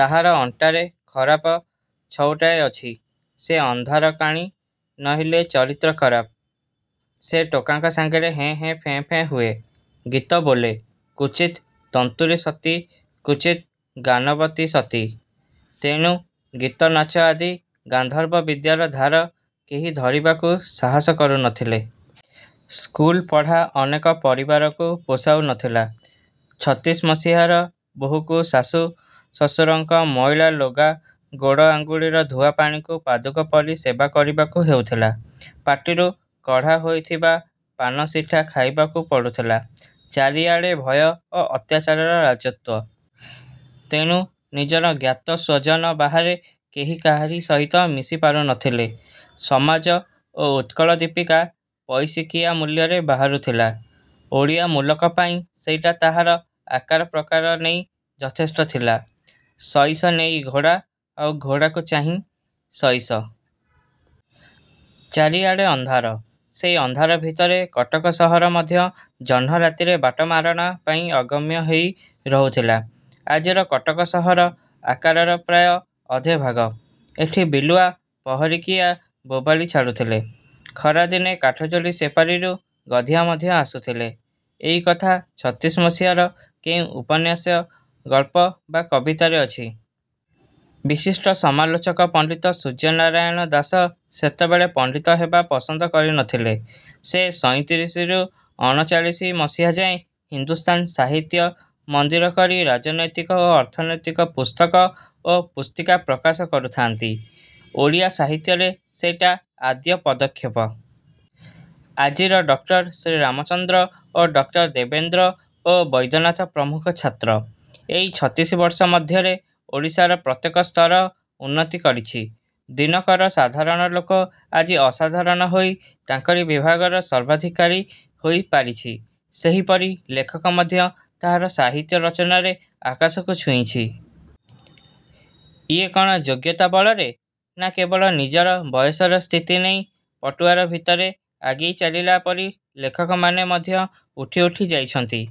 ତାହାର ଅଣ୍ଟାରେ ଖରାପ ଛଉଟାଏ ଅଛି। ସେ ଅନ୍ଧାରକାଣୀ ନଇଲେ ଚରିତ୍ର ଖରାପ। ସେ ଟୋକାଙ୍କ ସାଙ୍ଗରେ ହେଁ ହେଁ ଫେଁ ଫେଁ ହୁଏ। ଗୀତ ବୋଲେ- କ୍ୱଚିତ୍ ଦନ୍ତୁରୀ ସତୀ କ୍ୱଚିତ୍ ଗାନବତୀ ସତୀ। ତେଣୁ ଗୀତ ନାଚ ଆଦି ଗାନ୍ଧର୍ବ ବିଦ୍ୟାର ଧାର କେହି ଧରିବାକୁ ସାହାସ କରୁ ନ ଥିଲେ-। ସ୍କୁଲ ପଢ଼ା ଅନେକ ପରିବାରକୁ ପୋଷାଉ ନ ଥିଲା। ଛତିଶି ମସିହାର ବୋହୂକୁ ଶାଶୁ ଶଶୁରଙ୍କର ମଇଳା ଲଗା ଗୋଡ଼ ଆଙ୍ଗୁଠିର ଧୁଆ ପାଣିକୁ ପାଦୁକ ପରି ସେବା କରିବାକୁ ହେଉଥିଲା। ପାଟିରୁ କଢ଼ା ହୋଇଥିବା ପାନସିଠା ଖାଇବାକୁ ପଡ଼ୁଥିଲା। ଚାରିଆଡ଼େ ଭୟ ଓ ଅତ୍ୟାଚାରର ରାଜତ୍ୱ। ତେଣୁ ନିଜର ଜ୍ଞାତ ସ୍ୱଜନ ବାହାରେ କେହି କାହାରି ସହିତ ମିଶି ପାରୁ ନ ଥିଲେ। ସମାଜ ଓ ଉତ୍କଳ ଦୀପିକା ପଇସିକିଆ ମୂଲ୍ୟରେ ବାହାରୁଥିଲା। ଓଡ଼ିଆ ମୁଲକ ପାଇଁ ସେଇଟା ତାହାର ଆକାର ପ୍ରକାର ନେଇ ଯଥେଷ୍ଟ ଥିଲା। ସଇସ ନେଇ ଘୋଡ଼ା ଆଉ ଘୋଡ଼ାକୁ ଚାହିଁ ସଇସ। ଚାରିଆଡ଼େ ଅନ୍ଧାର। ସେଇ ଅନ୍ଧାର ଭିତରେ କଟକ ସହର ମଧ୍ୟ ଜହ୍ନ ରାତିରେ ବାଟମାରଣା ପାଇଁ ଅଗମ୍ୟ ହେଇ ରହୁଥିଲା-ଆଜିର କଟକ ସହର ଆକାରର ପ୍ରାୟ ଅଧେ ଭାଗ-। ଏଠି ବିଲୁଆ ପହରିକିଆ ବୋବାଳି ଛାଡ଼ୁଥିଲା। ଖରାଦିନେ କାଠଯୋଡ଼ି ସେପାରିରୁ ଗଧିଆ ମଧ୍ୟ ଆସୁଥିଲେ। ଏଇକଥା ଛତିଶି ମସିହାର କେଉଁ ଉପନ୍ୟାସ, ଗଳ୍ପ ବା କବିତାରେ ଅଛି? ବିଶିଷ୍ଟ ସମାଲୋଚକ ପଣ୍ଡିତ ସୂର୍ଯ୍ୟନାରାୟଣ ଦାସ ସେତେବେଳେ ପଣ୍ଡିତ ହେବା ପସନ୍ଦ କରି ନ ଥାନ୍ତି। ସେ ସଇଁତିରିଶିରୁ ଅଣଚାଳିଶି ମସିହାଯାଏ ହିନ୍ଦୁସ୍ଥାନ ସାହିତ୍ୟ ମନ୍ଦିର କରି ରାଜନୈତିକ ଓ ଅର୍ଥନୈତିକ ପୁସ୍ତକ ଓ ପୁସ୍ତିକା ପ୍ରକାଶ କରୁଥାନ୍ତି। ଓଡ଼ିଆ ସାହିତ୍ୟରେ ସେଇଟା ଆଦ୍ୟ ପଦକ୍ଷେପ-। ଆଜିର ଡକ୍ଟର ଶ୍ରୀରାମଚନ୍ଦ୍ର ଓ ଡକ୍ଟର ଦେବେନ୍ଦ୍ର ଓ ବୈଦ୍ୟନାଥ ପ୍ରମୁଖ ଛାତ୍ର। ଏଇ ଛତିଶିବର୍ଷ ମଧ୍ୟରେ ଓଡ଼ିଶାର ପ୍ରତ୍ୟେକ ସ୍ତର ଉନ୍ନତି କରିଛି। ଦିନକର ସାଧାରଣ ଲୋକ ଆଜି ଅସାଧାରଣ ହୋଇ ତାଙ୍କରି ବିଭାଗର ସର୍ବାଧିକାରୀ ହୋଇ ପାରିଛି। ସେହିପରି ଲେଖକ ମଧ୍ୟ ତାହାର ସାହିତ୍ୟ ରଚନାରେ ଆକାଶକୁ ଛୁଇଁଛି। ଇଏ କ'ଣ ଯୋଗ୍ୟତା ବଳରେ? ନା, କେବଳ ନିଜର ବୟସର ସ୍ଥିତି ନେଇ ପଟୁଆର ଭିତରେ ଆଗେଇ ଚାଲିଲା ପରି ଲେଖକ ମାନେ ମଧ୍ୟ ଉଠି ଉଠି ଯାଇଛନ୍ତି?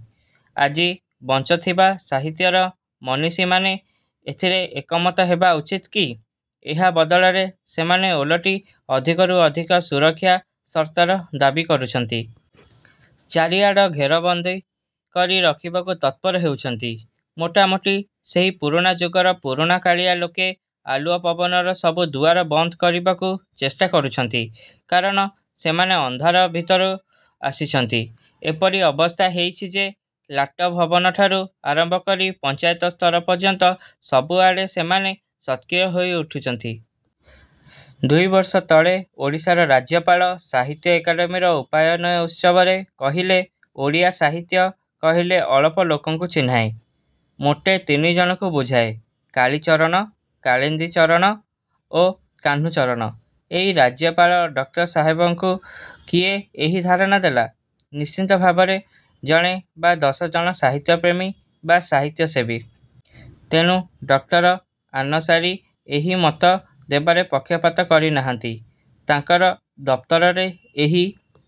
ଆଜି ବଞ୍ଚଥିବା ସାହିତ୍ୟର ମନିଷୀମାନେ ଏଥିରେ ଏକମତ ହେବା ଉଚିତ୍ କି? ଏହା ବଦଳରେ ସେମାନେ ଓଲଟି ଅଧିକରୁ ଅଧିକ ସୁରକ୍ଷା ସର୍ତ୍ତର ଦାବୀ କରୁଛନ୍ତି। ଚାରିଆଡ଼ ଘେରବନ୍ଦୀ କରି ରଖିବାକୁ ତତ୍ପର ହେଉଛନ୍ତି। ମୋଟାମୋଟି ସେହି ପୁରୁଣା ଯୁଗର ପୁରୁଣାକାଳିଆ ଲୋକେ ଆଲୁଅ ପବନର ସବୁ ଦୁଆର ବନ୍ଦ କରିବାକୁ ଚେଷ୍ଟା କରୁଛନ୍ତି। କାରଣ ସେମାନେ ଅନ୍ଧାର ଭିତରୁ ଆସିଛନ୍ତି। ଏପରି ଅବସ୍ଥା ହେଇଛି ଯେ ଲାଟ ଭବନଠାରୁ ଆରମ୍ଭ କରି ପଞ୍ଚାୟତସ୍ତର ପର୍ଯ୍ୟନ୍ତ ସବୁଆଡ଼େ ସେମାନେ ସକ୍ରିୟ ହୋଇ ଉଠୁଛନ୍ତି। ଦୁଇବର୍ଷ ତଳେ ଓଡ଼ିଶାର ରାଜ୍ୟପାଳ ସାହିତ୍ୟ ଏକାଡେମିର ଉପାୟନ ଉତ୍ସବରେ କହିଲେ ଓଡ଼ିଆ ସାହିତ୍ୟ କହିଲେ ଅଳପ ଲୋକଙ୍କୁ ଚିହ୍ନାଏ। ମୋଟେ ତିନିଜଣଙ୍କୁ ବୁଝାଏ-କାଳିଚରଣ, କାଳିନ୍ଦି ଚରଣ ଓ କାହ୍ନୁଚରଣ। ଏଇ ରାଜ୍ୟପାଳ ଡକ୍ଟର ସାହେବଙ୍କୁ କିଏ ଏହି ଧାରଣା ଦେଲା? ନିଶ୍ଚିତ ଭାବରେ ଜଣେ ବା ଦଶଜଣ ସାହିତ୍ୟପ୍ରେମୀ ବା ସାହିତ୍ୟସେବୀ। ତେଣୁ ଡକ୍ଟର ଆନସାରୀ ଏହି ମତ ଦେବାରେ ପକ୍ଷପାତ କରି ନାହାନ୍ତି। ତାଙ୍କର ଦପ୍ତରରେ ଏହି